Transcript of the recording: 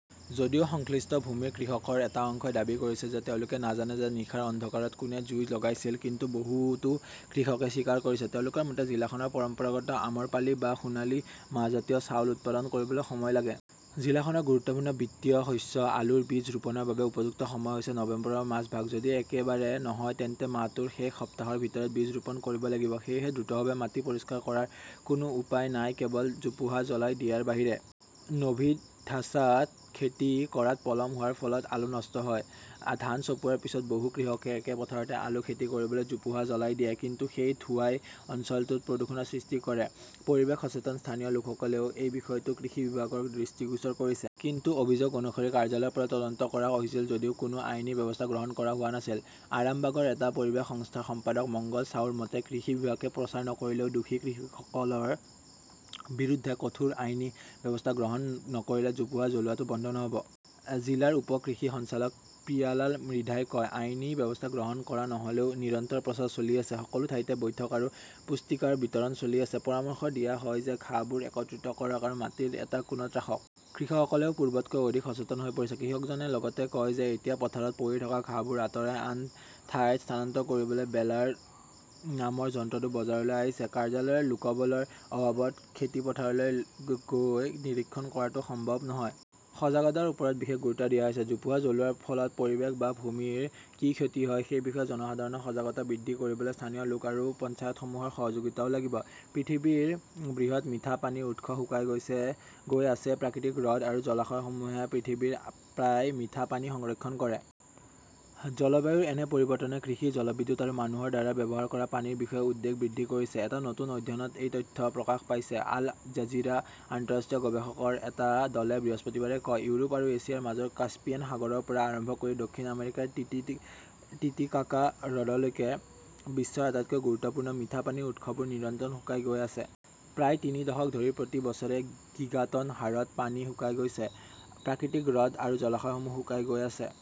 যদিও সংশ্লিষ্ট ভূমিৰ কৃষকৰ এটা অংশই দাবী কৰিছে যে তেওঁলোকে নাজানে যে নিশাৰ অন্ধকাৰত কোনে জুই লগাইছিল। কিন্তু বহুতো কৃষকে স্বীকাৰ কৰিছে। তেওঁলোকৰ মতে, জিলাখনৰ পৰম্পৰাগত আমৰপালি বা সোণালী মাহজাতীয় চাউল উৎপাদন কৰিবলৈ সময় লাগে। জিলাখনৰ গুৰুত্বপূৰ্ণ বিত্তীয় শস্য আলুৰ বীজ ৰোপণৰ বাবে উপযুক্ত সময় হৈছে নৱেম্বৰৰ মাজভাগ। যদি একেবাৰে নহয়, তেন্তে মাহটোৰ শেষ সপ্তাহৰ ভিতৰত বীজ ৰোপণ কৰিব লাগিব। সেয়েহে দ্ৰুতভাৱে মাটি পৰিষ্কাৰ কৰাৰ কোনো উপায় নাই কেৱল জোপোহা জ্বলাই দিয়াৰ বাহিৰে। নভিধাছাত খেতি কৰাত পলম হোৱাৰ ফলত আলু নষ্ট হয়। ধান চপোৱাৰ পিছত বহু কৃষকে একে পথাৰতে আলু খেতি কৰিবলৈ জোপোহা জ্বলাই দিয়ে। কিন্তু সেই ধোঁৱাই অঞ্চলটোত প্ৰদূষণৰ সৃষ্টি কৰে। পৰিৱেশ সচেতন স্থানীয় লোকসকলেও এই বিষয়টো কৃষি বিভাগৰ দৃষ্টিগোচৰ কৰিছে। কিন্তু অভিযোগ অনুসৰি কাৰ্যালয়ৰ পৰা তদন্ত কৰা হৈছিল যদিও কোনো আইনী ব্যৱস্থা গ্ৰহণ কৰা হোৱা নাছিল। আৰামবাগৰ এটা পৰিৱেশ সংস্থাৰ সম্পাদক মঙ্গল চাউৰ মতে, "কৃষি বিভাগে প্ৰচাৰ নকৰিলেও দোষী কৃষকসকলৰ বিৰুদ্ধে কঠোৰ আইনী ব্যৱস্থা গ্ৰহণ নকৰিলে জোপোহা জ্বলোৱাটো বন্ধ নহ'ব। জিলাৰ উপ-কৃষি সঞ্চালক প্ৰিয়ালাল মৃধাই কয়। আইনী ব্যৱস্থা গ্ৰহণ কৰা নহ"লেও নিৰন্তৰ প্ৰচাৰ চলি আছে । সকলো ঠাইতে বৈঠক আৰু পুস্তিকাৰ বিতৰণ চলি আছে। পৰামৰ্শ দিয়া হয় যে ঘাঁহবোৰ একত্ৰিত কৰক আৰু মাটিৰ এটা কোণত ৰাখক। কৃষকসকলেও পূৰ্বতকৈ অধিক সচেতন হৈ পৰিছে। কৃষকজনে লগতে কয় যে এতিয়া পথাৰত পৰি থকা ঘাঁহবোৰ আঁতৰাই আন ঠাইত স্থানান্তৰ কৰিবলৈ 'বেলাৰ' নামৰ যন্ত্ৰটো বজাৰলৈ আহিছে। কাৰ্যালয়ৰ লোকবলৰ অভাৱত খেলপথাৰলৈ গৈ নিৰীক্ষণ কৰাটো সম্ভৱ নহয়। সজাগতাৰ ওপৰত বিশেষ গুৰুত্ব দিয়া হৈছে। জোপোহা জ্বলোৱাৰ ফলত পৰিৱেশ বা ভূমিৰ কি ক্ষতি হয় সেই বিষয়ে জনসাধাৰণৰ সজাগতা বৃদ্ধি কৰিবলৈ স্থানীয় লোক আৰু পঞ্চায়তসমূহৰ সহযোগিতাও লাগিব। পৃথিৱীৰ বৃহৎ মিঠা পানীৰ উৎস শুকাই গৈ আছে প্ৰাকৃতিক হ্ৰদ আৰু জলাশয়সমূহে পৃথিৱীৰ প্ৰায় মিঠা পানী সংৰক্ষণ কৰে। জলবায়ুৰ এনে পৰিৱৰ্তনে কৃষি, জলবিদ্যুৎ আৰু মানুহৰ দ্বাৰা ব্যৱহাৰ কৰা পানীৰ বিষয়ে উদ্বেগ বৃদ্ধি কৰিছে। এটা নতুন অধ্যয়নত এই তথ্য প্ৰকাশ পাইছে। আল-জাজিৰা আন্তঃৰাষ্ট্ৰীয় গৱেষকৰ এটা দলে বৃহস্পতিবাৰে কয় ইউৰোপ আৰু এছিয়াৰ মাজৰ কাস্পিয়ান সাগৰৰ পৰা আৰম্ভ কৰি দক্ষিণ আমেৰিকাৰ টিটিকাকা হ্ৰদলৈকে বিশ্বৰ আটাইতকৈ গুৰুত্বপূৰ্ণ মিঠা পানীৰ উৎসবোৰ নিৰন্তৰ শুকাই গৈ আছে । প্ৰায় তিনি দশক ধৰি প্ৰতি বছৰে গিগাটন হাৰত পানী শুকাই গৈছে। প্ৰাকৃতিক হ্ৰদ আৰু জলাশয়সমূহ শুকাই গৈ আছে।